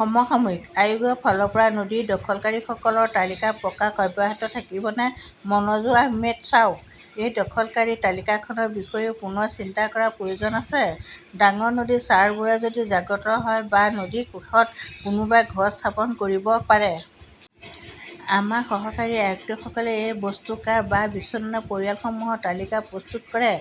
সমসাময়িকঃ আয়োগৰ ফালৰ পৰা নদী দখলকাৰীসকলৰ তালিকা প্ৰকাশ অব্যাহত থাকিবনে মনজুৰ আহমেদঃ চাওক, এই দখলকাৰীৰ তালিকাখনৰ বিষয়েও পুনৰ চিন্তা কৰাৰ প্ৰয়োজন আছে। ডাঙৰ নদীৰ চাৰবোৰে যদি জাগ্ৰত হয় বা নদীৰ কাষত কোনোৱে ঘৰ স্থাপন কৰিব পাৰে। আমাৰ সহকাৰী আয়ুক্তসকলে এই বস্তুকাৰ বা বিচ্ছিন্ন পৰিয়ালসমূহৰ তালিকা প্ৰস্তুত কৰে।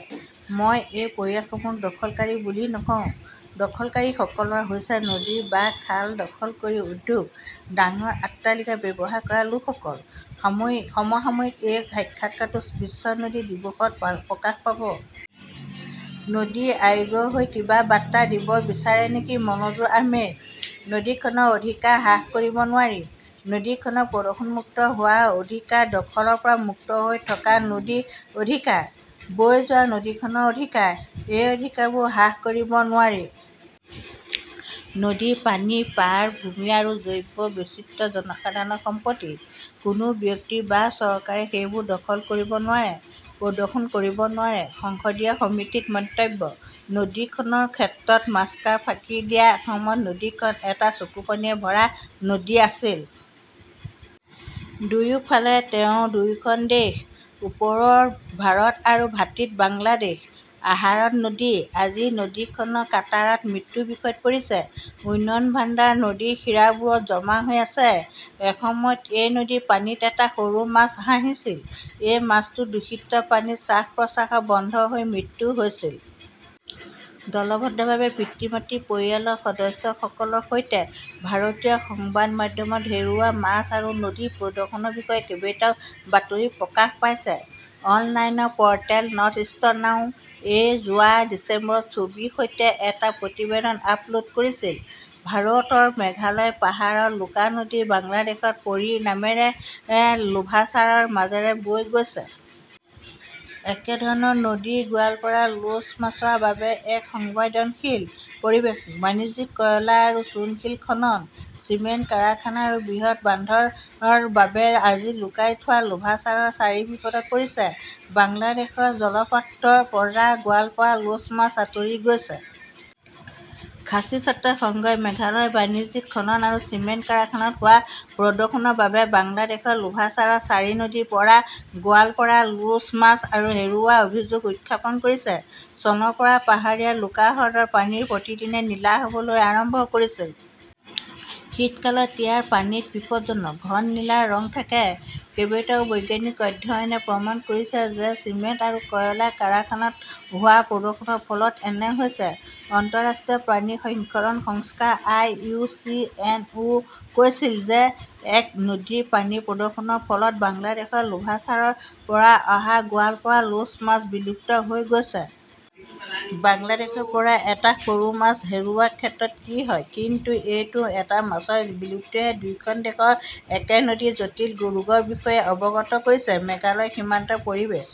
মই এই পৰিয়ালসমূহক দখলকাৰী বুলি নকওঁ। দখলকাৰীসকল হৈছে নদী বা খাল দখল কৰি উদ্যোগ, ডাঙৰ অট্টালিকা, ব্যৱসায় কৰা লোকসকল। সাময়িক সমসাময়িকঃ এই সাক্ষাৎকাৰটো বিশ্ব নদী দিৱসত প্ৰকাশ পাব। নদী আয়োগৰ হৈ কিবা বাৰ্তা দিব বিচাৰে নেকি মনজুৰ আহমেদঃ নদীখনৰ অধিকাৰ হ্ৰাস কৰিব নোৱাৰি। নদীখনৰ প্ৰদূষণমুক্ত হোৱাৰ অধিকাৰ। দখলৰ পৰা মুক্ত হৈ থকা নদীৰ অধিকাৰ। বৈ যোৱা নদীখনৰ অধিকাৰ। এই অধিকাৰবোৰ হ্ৰাস কৰিব নোৱাৰি। নদীৰ পানী, পাৰ, ভূমি আৰু জৈৱ বৈচিত্ৰ্য জনসাধাৰণৰ সম্পত্তি। কোনো ব্যক্তি বা চৰকাৰে সেইবোৰ দখল কৰিব নোৱাৰে, প্ৰদূষণ কৰিব নোৱাৰে। সংসদীয় সমিতিৰ মন্তব্যঃ নদী খনৰ ক্ষেত্ৰত মাস্কাৰ ফাঁকি দিয়া এসময়ত, নদীখন এটা চকুপানীৰে ভৰা নদী আছিল। দুয়োফালে তেওঁৰ দুয়োখন দেশ। ওপৰত ভাৰত আৰু ভাটীত বাংলাদেশ। আহাৰত নদী! আজি নদীখন কাটাৰাত মৃত্যুৰ বিষত পৰিছে। উন্নয়নৰ ভাণ্ডাৰ নদীৰ শিৰাবোৰত জমা হৈ আছে। এসময়ত এই নদীৰ পানীত এটা সৰু মাছ হাঁহিছিল। এই মাছটো দূষিত পানীত শ্বাস-প্ৰশ্বাস বন্ধ হৈ মৃত্যু হৈছিল। দলবদ্ধভাৱে, পিতৃ-মাতৃ, পৰিয়ালৰ সদস্যসকলৰ সৈতে। ভাৰতীয় সংবাদ মাধ্যমত এই হেৰুওৱা মাছ আৰু নদীৰ প্ৰদূষণৰ বিষয়ে কেইবাটাও বাতৰি প্ৰকাশ পাইছে। অনলাইন প’ৰ্টেল নৰ্থইষ্টনাউ এ যোৱা ডিচেম্বৰত ছবিৰ সৈতে এটা প্ৰতিবেদন আপলোড কৰিছিল। ভাৰতৰ মেঘালয় পাহাৰৰ লুকা নদী বাংলাদেশত সৰী নামেৰে লোভাছাৰাৰ মাজেৰে বৈ গৈছে। একেধৰণৰ নদী 'গোৱালপাড়া লোচ "মাছৰ বাবে এক সংবেদনশীল পৰিৱেশ। বাণিজ্যিক কয়লা আৰু চূণশিল খনন, চিমেণ্ট কাৰখানা আৰু বৃহৎ বান্ধৰ বাবে আজি লুকাই থোৱা লোভাছাৰা-ছাৰী বিপদত পৰিছে। বাংলাদেশৰ জলপ্ৰপাতৰ পৰা 'গোৱালপাৰা লোচ মাছ আঁতৰি গৈছে। খাচী ছাত্ৰ সংঘই মেঘালয়ৰ বাণিজ্যিক খনন আৰু চিমেণ্ট কাৰখানাত হোৱা প্ৰদূষণৰ বাবে বাংলাদেশৰ লোভাচাৰা-ছাৰী নদীৰ পৰা 'গোৱালপাৰা লোচ "মাছ আৰু হেৰুওৱাৰ অভিযোগ উত্থাপন কৰিছে। চনৰ পৰা পাহাৰীয়া লুকা হ্ৰদৰ পানী প্ৰতিদিনে নীলা হ 'বলৈ আৰম্ভ কৰিছিল। শীতকালত ইয়াৰ পানীত বিপদজনক ঘন নীলা ৰং থাকে। কেইবাটাও বৈজ্ঞানিক অধ্যয়নে প্ৰমাণ কৰিছে যে চিমেণ্ট আৰু কয়লা কাৰখানাত হোৱা প্ৰদূষণৰ ফলত এনে হৈছে। আন্তঃৰাষ্ট্ৰীয় প্ৰাণী সংৰক্ষণ সংস্থা আই. ইউ. চি. এন. ও কৈছিল যে একে নদীৰ পানীৰ প্ৰদূষণৰ ফলত বাংলাদেশৰ লোভাচাৰাৰ পৰা অহা গোৱালপাড়া লোচ মাছ বিলুপ্ত হৈ গৈছে। বাংলাদেশৰ পৰা এটা সৰু মাছ হেৰুওৱাৰ ক্ষেত্ৰত কি হয় কিন্তু এইটো এটা মাছৰ বিলুপ্তিয়ে দুয়োখন দেশৰ একে নদীৰ জটিল ৰোগৰ বিষয়ে অৱগত কৰিছে। মেঘালয় সীমান্তৰ পৰিৱেশ